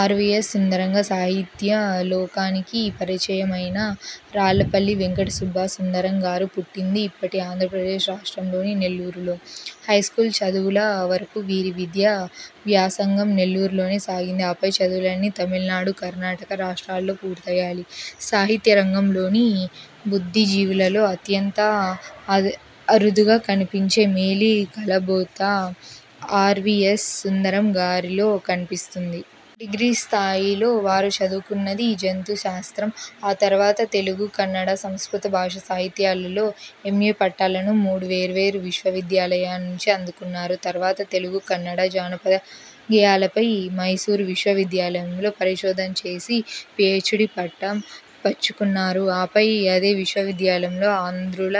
RVS సుందరంగా సాహిత్య లోకానికి పరిచయమైన రాళ్ళపల్లి వెంకట సుబ్బు సుందరం గారు పుట్టింది ఇప్పటి ఆంధ్రప్రదేశ్ రాష్ట్రంలోని నెల్లూరులో. హైస్కూలు చదువుల వరకు వీరి విద్యా వ్యాసంగం నెల్లూరులోనే సాగింది. ఆపై చదువులన్నీ తమిళనాడు, కర్ణాటక రాష్టాల్లో పూర్తయ్యాయి. సాహిత్య రంగంలోని బుద్ధి జీవులలో అత్యంత అరుదుగా కనిపించే మేలి కలబోత ఆర్వీయస్ సుందరం గారిలో కనిపిస్తుంది. డిగ్రీ స్థాయిలో వారు చదువుకున్నది జంతుశాస్త్రం. ఆ తరువాత, తెలుగు, కన్నడ, సంస్కృత భాషా సాహిత్యాలలో ఎమ్. ఏ. పట్టాలను మూడు వేర్వేరు విశ్వవిద్యాలయాల నుంచి అందుకొన్నారు. తర్వాత, 'తెలుగు, కన్నడ జానపద గేయాల'పై మైసూరు విశ్వవిద్యాలయంలో పరిశోధన చేసి, పీహెచ్డీ పట్టం పుచ్చుకొన్నారు. ఆపై, అదే విశ్వవిద్యాలయంలో 'ఆంధ్రుల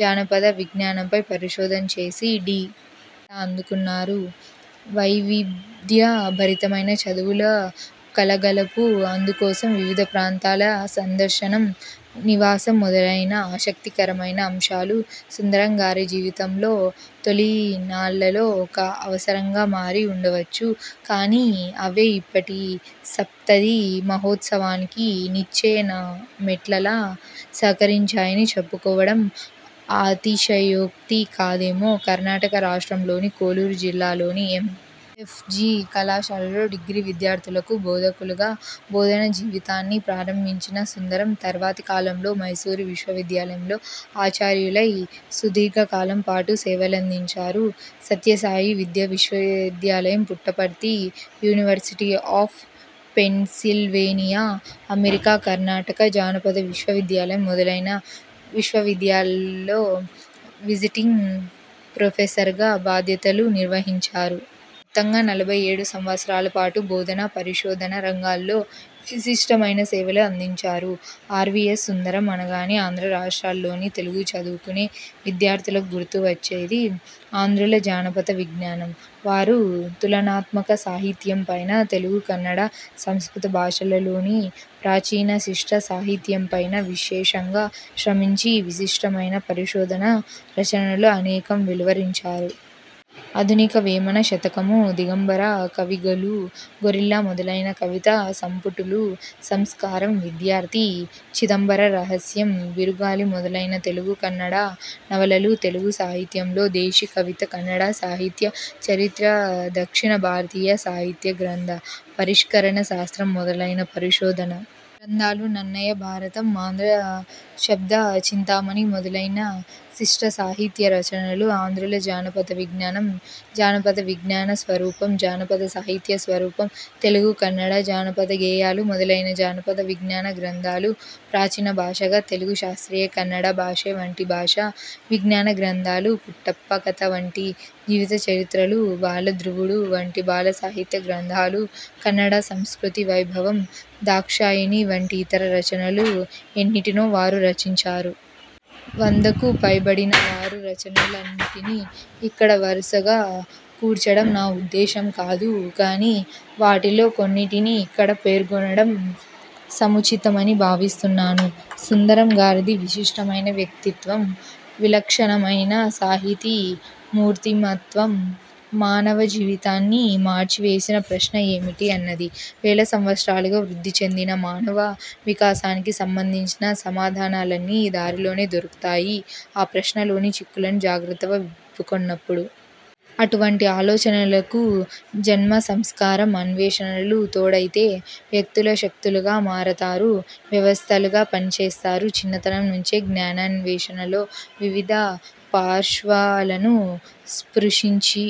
జానపద విజ్ఞానం'పై పరిశోధన చేసి, డి. లిట్. పట్టా అందుకొన్నారు. వైవిధ్యభరితమైన చదువుల కలగలుపు, అందుకోసం వివిధ ప్రాంతాల సందర్శనం, నివాసం మొదలైన ఆసక్తికరమైన అంశాలు, సుందరం గారి జీవితంలో తొలినాళ్ళలో ఒక అవసరంగా మారి ఉండవచ్చు. కానీ, అవే ఇప్పటి సప్తతి మహోత్సవానికి నిచ్చెనమెట్లలా సహకరించాయని చెప్పుకోవడం అతిశయోక్తి కాదేమో! కర్ణాటక రాష్ట్రంలోని కోలారు జిల్లాలోని ఎం. ఎఫ్. జి. కళాశాలలో డిగ్రీ విద్యార్థులకు బోధకులుగా, బోధన జీవితాన్ని ప్రారంభించిన సుందరం, తర్వాతి కాలంలో మైసూరు విశ్వవిద్యాలయంలో ఆచార్యులై సుదీర్ఘకాలం పాటు సేవలందించారు. సత్యసాయి విశ్వవిద్యాలయం Puttaparthi, university of Pennsylvania America, Karnataka జానపద విశ్వవిద్యాలయం మొదలైన విశ్వవిద్యాలయాల్లో విజిటింగ్ ప్రొఫెసర్గా బాధ్యతలు నిర్వహించారు. మొత్తంగా నలభై ఏడు సంవత్సరాల పాటు బోధన, పరిశోధన రంగాలలో విశిష్టమైన సేవలు అందించారు. ఆర్వీయస్ సుందరం అనగానే ఆంధ్ర రాష్ట్రాల లోని తెలుగు చదువుకునే విద్యార్థులకు గుర్తుకు వచ్చేది 'ఆంధ్రుల జానపద విజ్ఞానం'. వారు తులనాత్మక సాహిత్యంపైనా, తెలుగు, కన్నడ, సంస్కృత భాషలలోని ప్రాచీన శిష్ట సాహిత్యంపైనా విశేషంగా శ్రమించి, విశిష్టమైన పరిశోధణ రచనలు అనేకం వెలువరించారు. ఆధునిక వేమన శతకము, దిగంబర కవిగళు, గొరిల్లా, మొదలైన కవితా సంపుటులు, సంస్కారం, విద్యార్థి, చిదంబర రహస్యం, బిరుగాళి మొదలైన తెలుగు, కన్నడ నవలలు, తెలుగు సాహిత్యంలో దేశి కవిత, కన్నడ సాహిత్య చరిత్ర, దక్షిణ భారతీయ సాహిత్య, గ్రంథ పరిష్కరణ శాస్త్రం మొదలైన పరిశోధన గ్రంథాలు, నన్నయ భారతం, ఆంధ్ర శబ్ద చింతామణి మొదలైన శిష్టసాహిత్య రచనలు, ఆంధ్రుల జానపద విజ్ఞానం, జానపద విజ్ఞాన స్వరూపం, జానపద సాహిత్య స్వరూపం, తెలుగు కన్నడ జానపద గేయాలు మొదలైన జానపద విజ్ఞాన గ్రంథాలు, ప్రాచీన భాషగా తెలుగు, శాస్త్రీయ కన్నడ భాషె వంటి భాషా విజ్ఞాన గ్రంథాలు, పుట్టప్ప కథ వంటి జీవిత చరిత్రలు, బాల ధ్రువుడు వంటి బాల సాహిత్య గ్రంథాలు, కన్నడ సంస్కృతి వైభవం, దాక్షాయణి వంటి ఇతర రచనలు ఎన్నింటినో వారు రచించారు. వందకు పైబడిన వారి రచనలన్నిటినీ ఇక్కడ వరుస కూర్చడం నా ఉద్దేశం కాదు గాని, వాటిలో కొన్నిటిని ఇక్కడ పేర్కొనడం సముచితమని భావిస్తున్నాను. సుందరం గారిది విశిష్టమైన వ్యక్తిత్వం. విలక్షణమైన సాహితీ మూర్తిమత్వం. మానవ జీవితాన్ని మార్చివేసిన ప్రశ్న 'ఏమిటి? ' అన్నది. వేల సంవత్సరాలుగా వృద్ధి చెందిన మానవ వికాసానికి సంబంధించిన సమాధానాలన్నీ దానిలోనే దొరుకుతాయి ఆ ప్రశ్నలోని చిక్కులను జాగ్రత్తగా విప్పుకొన్నప్పుడు. అటువంటి ఆలోచనలకు జన్మ సంస్కారం, అన్వేషణలు తోడైతే వ్యక్తులు శక్తులుగా మారతారు. వ్యవస్థలుగా పనిచేస్తారు. చిన్నతనం నుంచీ జ్ఞానాన్వేషణలో వివిధ పార్శ్వాలను స్పృశించి,